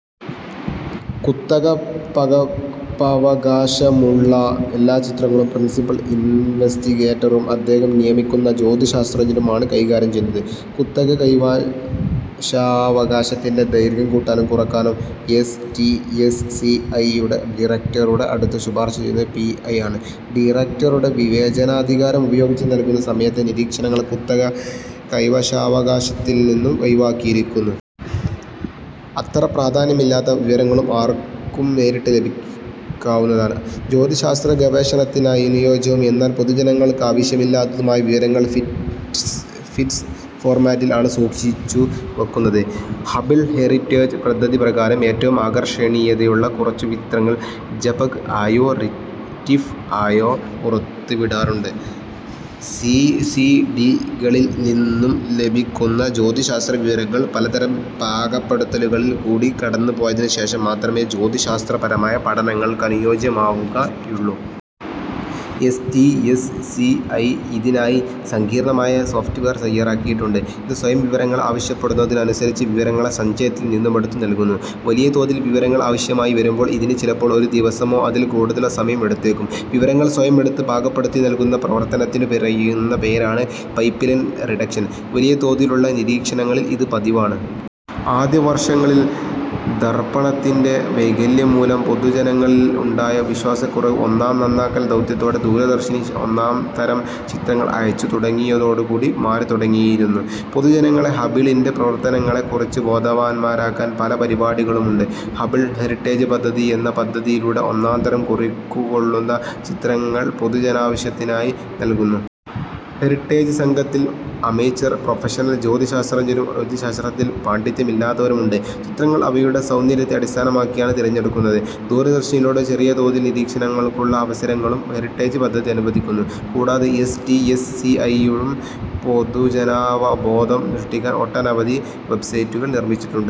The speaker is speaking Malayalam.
കുത്തകപകർപ്പവകാശമുള്ള എല്ലാ ചിത്രങ്ങളും പ്രിൻസിപൽ ഇൻവെസ്റ്റിഗേറ്ററും അദ്ദേഹം നിയമിക്കുന്ന ജ്യോതിശാസ്ത്രജ്ഞരും ആണ് കൈകാര്യം ചെയ്യുന്നത്. കുത്തക കൈവശാവകാശത്തിന്റെ ദൈർഘ്യം കൂട്ടാനും കുറക്കാനും S. T. S. C. I. യുടെ ഡിറക്റ്ററുടെ അടുത്ത് ശുപാർശ ചെയ്യുന്നത് പി. ഐ. ആണ്. ഡിറക്റ്ററുടെ വിവേചനാധികാരം ഉപയോഗിച്ച് നൽകുന്ന സമയത്തെ നിരീക്ഷണങ്ങൾ കുത്തക കൈവശാവകാശത്തിൽ നിന്നും ഒഴിവാക്കിയിരിക്കുന്നു. അത്ര പ്രാധാന്യമില്ലാത്ത വിവരങ്ങളും ആർക്കും നേരിട്ട് ലഭിക്കാവുന്നതാണ്. ജ്യോതിശാസ്ത്രഗവേഷണത്തിനനുയോജ്യവും എന്നാൽ പൊതുജനങ്ങൾക്ക് ആവശ്യമില്ലാത്തതുമായ വിവരങ്ങൾ ഫിറ്റ്സ് ഫോർമാറ്റിൽ ആണ് സൂക്ഷിച്ചു വെക്കുന്നത്. ഹബിൾ ഹെറിറ്റേജ് പദ്ധതി പ്രകാരം ഏറ്റവും ആകർഷണീയതയുള്ള കുറച്ചുചിത്രങ്ങൾ ജെപെഗ് ആയോ റ്റിഫ് ആയോ പുറത്തുവിടാറുണ്ട്. സി. സി. ഡി. കളിൽ നിന്നും ലഭിക്കുന്ന ജ്യോതിശാസ്ത്ര വിവരങ്ങൾ പലതരം പാകപ്പെടുത്തലുകളിൽ കൂടി കടന്നു പോയതിനു ശേഷം മാത്രമേ ജ്യോതിശാസ്ത്രപരമായ പഠനങ്ങൾക്കനുയോജ്യമാവുകയുള്ളൂ. S. T. S. C. I. ഇതിനായി സങ്കീർണ്ണമായ സോഫ്റ്റ്വെയർ തയ്യാറാക്കിയിട്ടുണ്ട്, ഇത് സ്വയം വിവരങ്ങളെ ആവശ്യപ്പെടുന്നതനുസരിച്ച് വിവരങ്ങളെ സഞ്ചയത്തിൽ നിന്നുമെടുത്ത് നൽകുന്നു. വലിയതോതിൽ വിവരങ്ങൾ ആവശ്യമായി വരുമ്പോൾ ഇതിന് ചിലപ്പോൾ ഒരു ദിവസമോ അതിൽ കൂടുതലോ സമയം എടുത്തേക്കും. വിവരങ്ങൾ സ്വയം എടുത്ത് പാകപ്പെടുത്തി നൽകുന്ന പ്രവർത്തനത്തിനു പറയുന്ന പേരാണ് 'പൈപ്പ്ലൈൻ റിഡക്ഷൻ', വലിയ തോതിലുള്ള നിരീക്ഷണങ്ങളിൽ ഇത് പതിവാണ്. ആദ്യ വർഷങ്ങളിൽ ദർപ്പണത്തിന്റെ വൈകല്യം മൂലം പൊതുജനങ്ങളിൽ ഉണ്ടായ വിശ്വാസക്കുറവ് ഒന്നാം നന്നാക്കൽ ദൗത്യത്തോടെ ദൂരദർശിനി ഒന്നാം തരം ചിത്രങ്ങൾ അയച്ചു തുടങ്ങിയതോടു കൂടി മാറിത്തുടങ്ങിയിരുന്നു. പൊതുജനങ്ങളെ ഹബിളിന്റെ പ്രവർത്തനങ്ങളെ കുറിച്ച് ബോധവാന്മാരാക്കാൻ പല പരിപാടികളുമുണ്ട്. ഹബിൾ ഹെറിട്ടേജ് പദ്ധതി എന്ന പദ്ധതിയിലൂടെ ഒന്നാംതരം കുറിക്കുകൊള്ളുന്ന ചിത്രങ്ങൾ പൊതുജനാവശ്യത്തിനായി നൽകുന്നു. ഹെറിട്ടേജ് സംഘത്തിൽ അമെച്ചെർ, പ്രൊഫഷണൽ ജ്യോതിശാസ്ത്രജ്ഞരും ജ്യോതിശാസ്തത്തിൽ പാണ്ഡിത്യം ഇല്ലാത്തവരുമുണ്ട്. ചിത്രങ്ങൾ അവയുടെ സൌന്ദര്യത്തെ അടിസ്ഥാനമാക്കിയാണ് തിരഞ്ഞെടുക്കുന്നത്. ദൂരദർശിനിയിലൂടെ ചെറിയ തോതിൽ നിരീക്ഷണങ്ങൾക്കുള്ള അവസരങ്ങളും ഹെറിട്ടേജ് പദ്ധതി അനുവദിക്കുന്നു. കൂടാതെ S. T. S. C. I യും പൊതുജനാവബോധം സൃഷ്ടിക്കാൻ ഒട്ടനവധി വെബ്സൈറ്റുകൾ നിർമ്മിച്ചിട്ടുണ്ട്.